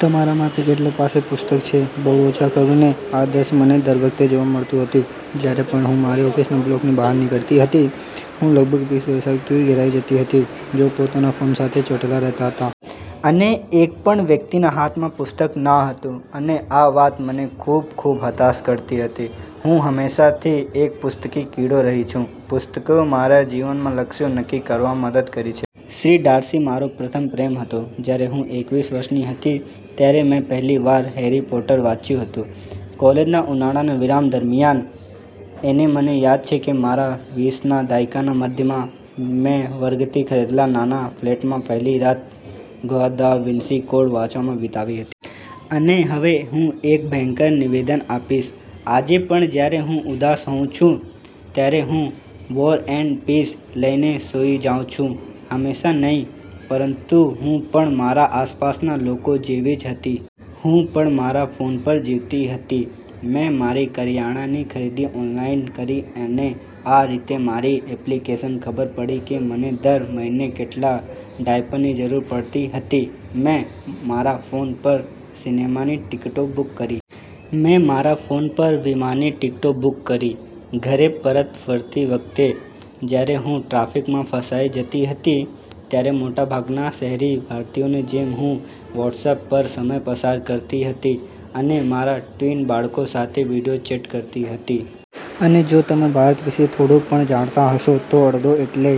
તમારામાંથી કેટલા પાસે પુસ્તક છે? બહુ ઓછા, ખરું ને? આ જ દૃશ્ય મને દર વખતે જોવા મળતું હતું, જ્યારે પણ હું મારી ઓફિસના બ્લોકની બહાર નીકળતી હતી. હું લગભગ વીસ વ્યાવસાયિકોથી ઘેરાઈ જતી હતી, જેઓ પોતાના ફોન સાથે ચોંટેલા રહેતા હતા. અને એક પણ વ્યક્તિના હાથમાં પુસ્તક ન હતું. અને આ વાત મને ખૂબ, ખૂબ હતાશ કરતી હતી. હું હંમેશાથી એક પુસ્તકી કીડો રહી છું. પુસ્તકોએ મારા જીવનના લક્ષ્યો નક્કી કરવામાં મદદ કરી છે. શ્રી ડાર્સી મારો પ્રથમ પ્રેમ હતો. જ્યારે હું એકવીસ વર્ષની હતી, ત્યારે મેં પહેલી વાર “હેરી પોટર” વાંચ્યું હતું, કોલેજના ઉનાળાના વિરામ દરમિયાન. અને મને યાદ છે કે મારા વીસના દાયકાના મધ્યમાં મેં ગર્વથી ખરીદેલા નાના ફ્લેટમાં પહેલી રાત મેં “ધ દા વિન્સી કોડ” વાંચવામાં વિતાવી હતી. અને હવે હું એક ભયંકર નિવેદન આપીશ: આજે પણ જ્યારે હું ઉદાસ હોઉં છું, ત્યારે હું “વૉર એન્ડ પીસ” લઈને સૂઈ જાઉં છું. હસશો નહીં. પરંતુ હું પણ મારા આસપાસના લોકો જેવી જ હતી. હું પણ મારા ફોન પર જીવતી હતી. મેં મારી કરિયાણાની ખરીદી ઓનલાઈન કરી અને આ રીતે મારી એપ્લિકેશનને ખબર પડી કે મને દર મહિને કેટલા ડાયપરની જરૂર પડતી હતી. મેં મારા ફોન પર સિનેમાની ટિકિટો બુક કરી. મેં મારા ફોન પર વિમાની ટિકિટો બુક કરી. ઘરે પરત ફરતી વખતે, જ્યારે હું ટ્રાફિકમાં ફસાઈ જતી હતી, ત્યારે મોટાભાગના શહેરી ભારતીયોની જેમ હું વોટ્સએપ પર સમય પસાર કરતી હતી અને મારા ટ્વિન બાળકો સાથે વિડિયો ચેટ કરતી હતી. અને જો તમે ભારત વિશે થોડું પણ જાણતા હશો, તો “અડધો” એટલે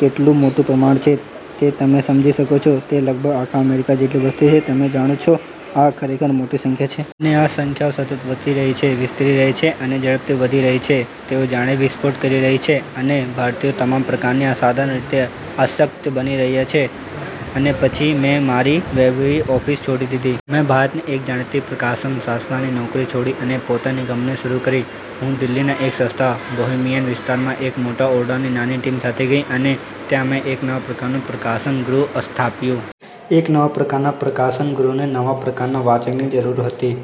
કેટલું મોટું પ્રમાણ છે તે તમે સમજી શકો છો. તે લગભગ આખા અમેરિકા જેટલી વસ્તી છે. તમે જાણો છો, આ ખરેખર મોટી સંખ્યા છે. અને આ સંખ્યાઓ સતત વધી રહી છે, વિસ્તરી રહી છે અને ઝડપથી વધી રહી છે. તેઓ જાણે વિસ્ફોટ કરી રહી છે. અને ભારતીયો તમામ પ્રકારની અસાધારણ રીતે સશક્ત બની રહ્યા છે. અને પછી મેં મારી વૈભવી ઓફિસ છોડી દીધી. મેં ભારતની એક જાણીતી પ્રકાશન સંસ્થાની નોકરી છોડી અને પોતાની કંપની શરૂ કરી. હું દિલ્હીના એક સસ્તા બોહેમિયન વિસ્તારમાં એક મોટા ઓરડામાં નાની ટીમ સાથે ગઈ. અને ત્યાં મેં એક નવા પ્રકારનું પ્રકાશન ગૃહ સ્થાપ્યું. એક નવા પ્રકારના પ્રકાશન ગૃહને નવા પ્રકારના વાચકની જરૂર હતી.